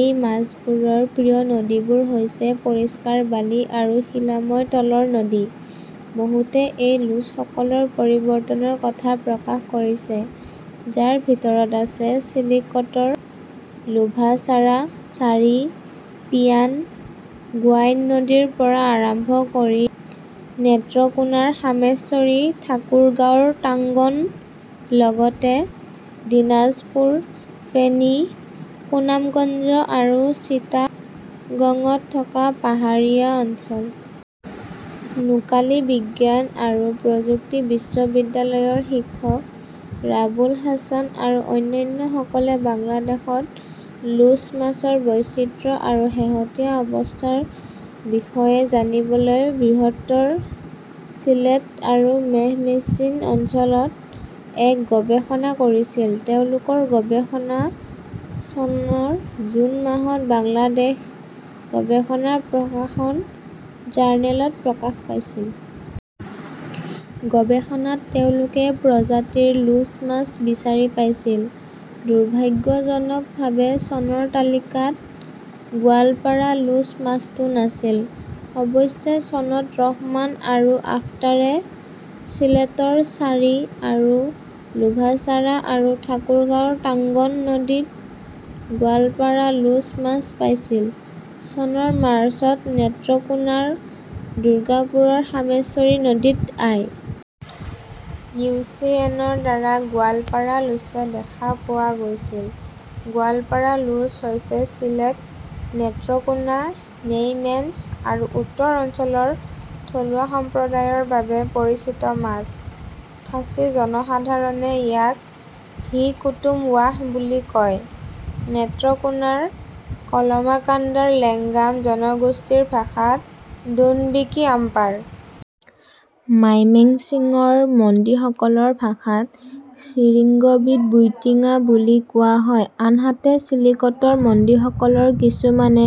এই মাছবোৰৰ প্ৰিয় নদীবোৰ হৈছে পৰিষ্কাৰ বালি আৰু শিলাময় তলৰ নদী। বহুতে এই লোচসকলৰ পৰিৱৰ্তনৰ কথা প্ৰকাশ কৰিছে, যাৰ ভিতৰত আছে চিলিকটৰ লোভাছাৰা, ছাৰী, পিয়ান, গোৱাইন নদীৰ পৰা আৰম্ভ কৰি নেত্ৰকোনাৰ সোমেশ্বৰী, ঠাকুৰগাঁওৰ টাংগন, লগতে দিনাজপুৰ, ফেনী, সুনামগঞ্জ আৰু চিটাগঙত থকা পাহাৰীয়া অঞ্চল। নোকালী বিজ্ঞান আৰু প্ৰযুক্তি বিশ্ববিদ্যালয়ৰ শিক্ষক ৰাবুল হাছান আৰু অন্যান্যসকলে বাংলাদেশত লোচ মাছৰ বৈচিত্ৰ্য আৰু শেহতীয়া অৱস্থাৰ বিষয়ে জানিবলৈ বৃহত্তৰ চিলেট আৰু মেইমেশ্বিং অঞ্চলত এক গৱেষণা কৰিছিল। তেওঁলোকৰ গৱেষণা চনৰ জুন মাহত বাংলাদেশ গৱেষণা প্ৰকাশন জাৰ্নেলত প্ৰকাশ পাইছিল। গৱেষণাত তেওঁলোকে প্ৰজাতিৰ লোছ মাছ বিচাৰি পাইছিল। দুৰ্ভাগ্যজনকভাৱে চনৰ তালিকাত 'গোৱালপাড়া লোচ "মাছটো নাছিল। অৱশ্যে চনত ৰহমান আৰু আখতাৰে ছিলেটৰ চাৰী আৰু লোভাছাৰা আৰু ঠাকুৰগাঁওৰ টাংগন নদীত 'গোৱালপাৰা লোচ "মাছ পাইছিল। চনৰ মাৰ্চত নেত্ৰকোনাৰ দুৰ্গাপুৰৰ সোমেশ্বৰী নদীত আই. ইউ. চি. এন. ৰ দ্বাৰা গোৱালপাড়া লোচে দেখা পোৱা গৈছিল। গোৱালপাৰা লোচ হৈছে চিলেট, নেত্ৰকোনা, মেইমেঞ্চ আৰু উত্তৰ অঞ্চলৰ থলুৱা সম্প্ৰদায়ৰ বাবে পৰিচিত মাছ। খাচী জনসাধাৰণে ইয়াক হি কুতুম ৱাহ বুলি কয়। নেত্ৰকোনাৰ কলমাকাণ্ডাৰ লেংগাম জনগোষ্ঠীৰ ভাষাত দুনবিকী আমপাৰ । মাইমেন্সিংৰ মণ্ডীসকলৰ ভাষাত চিৰিঙ্গবীট বুইণ্টিয়া বুলি কোৱা হয়, আনহাতে চিলিকটৰ মণ্ডীসকলৰ কিছুমানে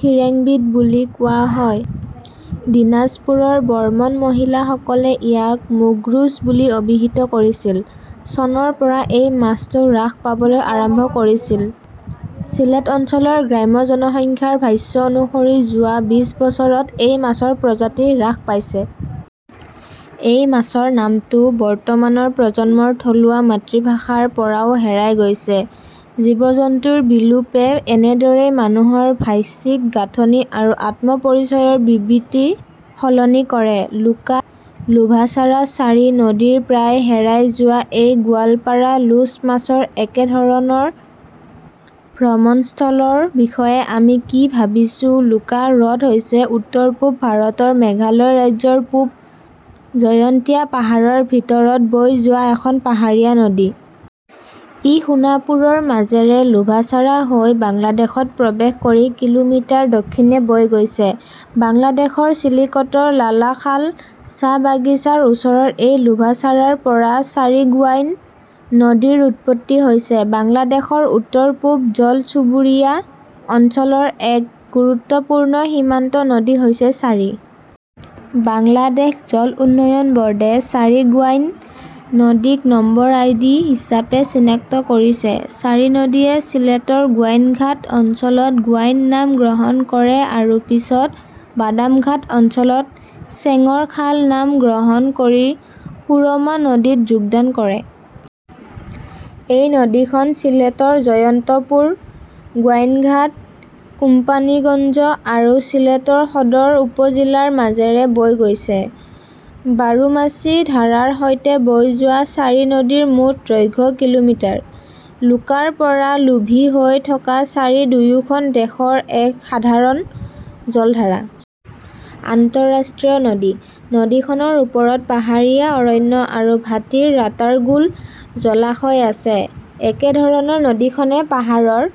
খিৰেঙ্গবীট বুলি কোৱা হয়। দিনাজপুৰৰ বৰ্মন মহিলাসকলে ইয়াক মুগৰুচ "বুলি অভিহিত কৰিছিল। চনৰ পৰা এই মাছটো হ্ৰাস পাবলৈ আৰম্ভ কৰিছিল। চিলেট অঞ্চলৰ গ্ৰাম্য জনসংখ্যাৰ ভাষ্য অনুসৰি যোৱা বিশ বছৰত এই মাছৰ প্ৰজাতি হ্ৰাস পাইছে। এই মাছৰ নামটো বৰ্তমানৰ প্ৰজন্মৰ থলুৱা মাতৃভাষাৰ পৰাও হেৰাই গৈছে। জীৱ-জন্তুৰ বিলোপে এনেদৰেই মানুহৰ ভাষিক গাঁথনি আৰু আত্ম-পৰিচয়ৰ বিবৃতি সলনি কৰে। লুকা লোভাছাৰা ছাৰী নদীৰ প্ৰায় হেৰাই যোৱা এই 'গোৱালপাৰা লোচ "মাছৰ একেধৰণৰ ভ্ৰমণস্থলৰ বিষয়ে আমি কি ভাবিছোঁ লুকা হ্ৰদ হৈছে উত্তৰ-পূব ভাৰতৰ মেঘালয় ৰাজ্যৰ পূব জয়ন্তীয়া পাহাৰৰ ভিতৰত বৈ যোৱা এখন পাহাৰীয়া নদী। ই সোনাপুৰৰ মাজেৰে লোভাছাৰা হৈ বাংলাদেশত প্ৰৱেশ কৰি কিলোমিটাৰ দক্ষিণে বৈ গৈছে। বাংলাদেশৰ চিলিকটৰ লালখাল চাহ বাগিচাৰ ওচৰৰ এই লোভাছাৰাৰ পৰা ছাৰী-গোৱাইন নদীৰ উৎপত্তি হৈছে। বাংলাদেশৰ উত্তৰ-পূব জল-চুবুৰীয়া অঞ্চলৰ এক গুৰুত্বপূৰ্ণ সীমান্ত নদী হৈছে ছাৰী। বাংলাদেশ জল উন্নয়ন বোৰ্ডে ছাৰী-গোৱাইন নদীক নম্বৰ আইডি হিচাপে চিনাক্ত কৰিছে। ছৰী নদীয়ে ছিলেটৰ গোৱাইনঘাট অঞ্চলত গোৱাইন নাম গ্ৰহণ কৰে আৰু পিছত বাদামঘাট অঞ্চলত চেংৰ খাল নাম গ্ৰহণ কৰি সুৰমা নদীত যোগদান কৰে। এই নদীখন চিলেটৰ জয়ন্তপুৰ, গোৱাইনঘাট, কোম্পানীগঞ্জ আৰু চিলেটৰ সদৰ উপ-জিলাৰ মাজেৰে বৈ গৈছে। বাৰোমাচি ধাৰাৰ সৈতে বৈ যোৱা ছাৰী নদীৰ মুঠ দৈৰ্ঘ্য কিলোমিটাৰ। লুকাৰ পৰা লোভী হৈ থকা ছাৰী দুয়োখন দেশৰ এক সাধাৰণ জলধাৰা। আন্তঃৰাষ্ট্ৰীয় নদী। নদীখনৰ ওপৰত পাহাৰীয়া অৰণ্য আৰু ভাটিৰ ৰাটাৰগুল জলাশয় আছে। একেধৰণৰ নদীখনে পাহাৰৰ